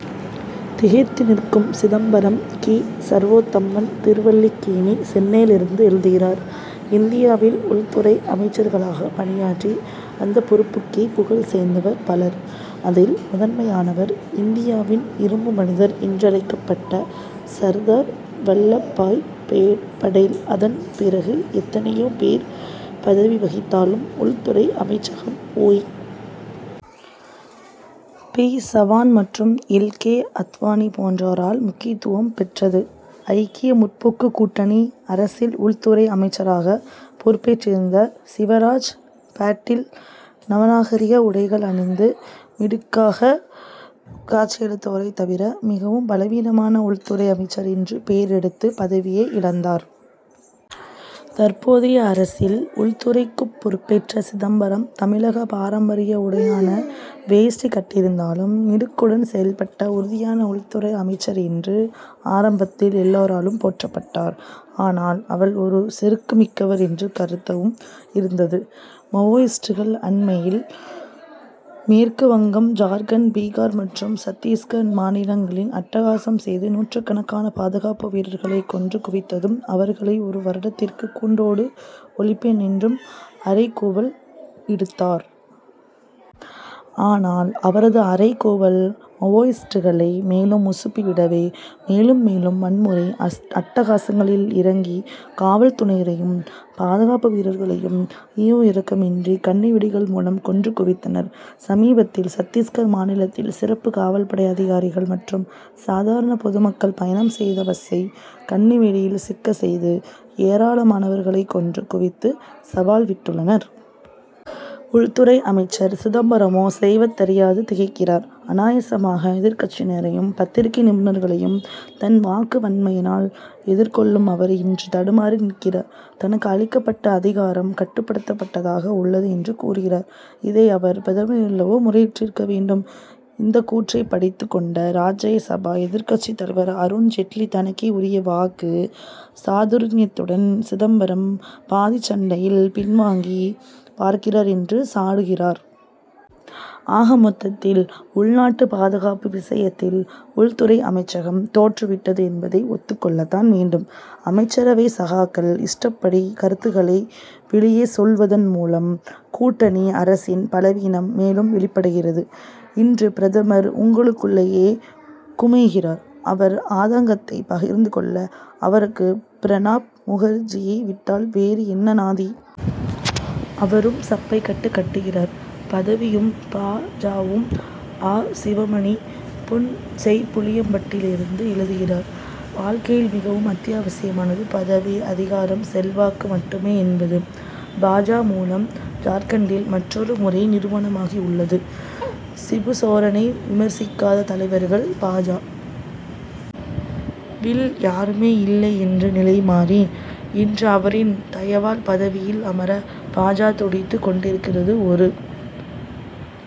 திகைத்து நிற்கும் சிதம்பரம்! கி. சர்வோத்தமன், திருவல்லிக்கேணி, சென்னையிலிருந்து எழுதுகிறார் இந்தியாவில் உள்துறை அமைச்சர்களாகப் பணியாற்றி, அந்தப் பொறுப்புக்கே புகழ் சேர்த்தவர் பலர். அதில் முதன்மையானவர், இந்தியாவின் இரும்பு மனிதர் என்றழைக்கப்பட்ட சர்தார் வல்லபாய் படேல். அதன் பிறகு எத்தனை யோ பேர் பதவி வகித்தாலும், உள் துறை அமைச்சகம், ஒய். பி. சவான் மற்றும் எல். கே. அத்வானி போன்றோரால் முக்கியத்துவம் பெற்றது. ஐக்கிய முற்போக்கு கூட்டணி அரசில், உள்துறை அமைச்சராகப் பொறுப்பேற்றிருந்த சிவராஜ் பாட்டீல், நவநாகரிக உடைகள் அணிந்து மிடுக்காகக் காட்சியளித்தாரே தவிர, மிகவும் பலவீனமான உள்துறை அமைச்சர் என்று பேர் எடுத்து, பதவியை இழந்தார். தற்போதைய அரசில் உள்துறைக் குப் பொறுப்பேற்ற சிதம்பரம், தமிழகப் பாரம்பரிய உடையான வேஷ்டி கட்டியிருந்தாலும், மிடுக்குடன் செயல்பட்ட உறுதியான உள்துறை அமைச்சர் என்று, ஆரம்பத்தில் எல்லாராலும் போற்றப்பட்டார். ஆனால், அவர் ஒரு செறுக்குமிக்கவர் என்ற கருத்தும் இருந்தது. மாவோயிஸ்டுகள் அண்மையில் மேற்கு வங்கம், ஜார்க்கண்ட், பீகார் மற்றும் சத்திஸ்கர் மாநிலங்களில் அட்டகாசம் செய்து, நூற்றுக்கணக்கான பாதுகாப்பு வீரர்களைக் கொன்று குவித்ததும், அவர்களை ஒரு வருடத்திற்குள் கூண்டோடு ஒழிப்பேன் என்று அறைகூவல் விடுத்தார். ஆனால், அவரது அறைகூவல், மாவோயிஸ்டுகளை மேலும் உசுப்பி விடவே, மேலும், மேலும் வன்முறை அட்டகாசங்களில் இறங்கி, காவல் துறையினரையும், பாதுகாப்பு வீரர்களையும் ஈவு இரக்கமின்றி, கண்ணி வெடிகள் மூலம், கொன்று குவித்தனர். சமீபத்தில் சத்திஸ்கர் மாநிலத்தில் சிறப்பு காவல்படை அதிகாரிகள் மற்றும் சாதாரணப் பொதுமக்கள் பயணம் செய்த பஸ்சை, கண்ணிவெடியில் சிக்கச் செய்து, ஏராளமானவர்களைக் கொன்று குவித்து சவால் விட்டுள்ளனர். உள்துறை அமைச்சர் சிதம்பரமோ, செய்வதறியாது திகைக்கிறார். அநாயசமாக எதிர்க்கட்சியினரையும், பத்திரிகை நிருபர்களையும், தன் வாக்கு வன்மையால் எதிர்கொள்ளும் அவர், இன்று தடுமாறி நிற்கிறார். தனக்கு அளிக்கப்பட்ட அதிகாரம், கட்டுப்படுத்தப்பட்டதாக உள்ளது என்று கூறுகிறார். இதை அவர், பிரதமரிடமல்லவோ முறையிட்டிருக்க வேண்டும்! இந்த கூற்றை பிடித்துக் கொண்ட, ராஜ்யசபா எதிர்க்கட்சித் தலைவர் அருண் ஜெட்லி, தனக்கே உரிய வாக்கு சாதுர்யத்துடன், சிதம்பரம் பாதிச் சண்டையில் பின்வாங்கப் பார்க்கிறார் என்று சாடுகிறார். ஆக மொத்தத்தில், உள்நாட்டு பாதுகாப்பு விஷயத்தில் உள்துறை அமைச்சகம் தோற்று விட்டது என்பதை, ஒத்துக் கொள்ளத்தான் வேண்டும். அமைச்சரவை சகாக்கள், இஷ்டப்படி கருத்துக்களை வெளியே சொல்வதன் மூலம், கூட்டணி அரசின் பலவீனம் மேலும் வெளிப்படுகிறது என்று பிரதமர் உள்ளுக்குள்ளேயே குமைகிறார். அவர் ஆதங்கத்தைப் பகிர்ந்து கொள்ள, அவருக்கு பிரணாப் முகர்ஜியை விட்டால், வேறு என்ன நாதி? அவரும் சப்பைக்கட்டு கட்டுகிறார். பதவியும் பா. ஜ.,வும்! ஆ. சிவமணி, புன்செய்ப்புளியம்பட்டியிலிருந்து எழுதுகிறார் வாழ்க் கையில் மிகவும் அத்தியாவசியமானது பதவி, அதிகாரம், செல்வாக்கு மட்டு மே என்பது, பா. ஜ., மூலம், ஜார்க்கண்டில் மற்றொரு முறை நிரூபணமாகியுள்ளது. சிபுசோரனை விமர்சிக் காத தலைவர்கள், பா. ஜ., வில் யாருமே இல்லை என்ற நிலைமாறி, இன்று அவரின் தயவால், பதவியில் அமர பா. ஜ., துடித்து கொண்டிருக்கிறது. ஒரு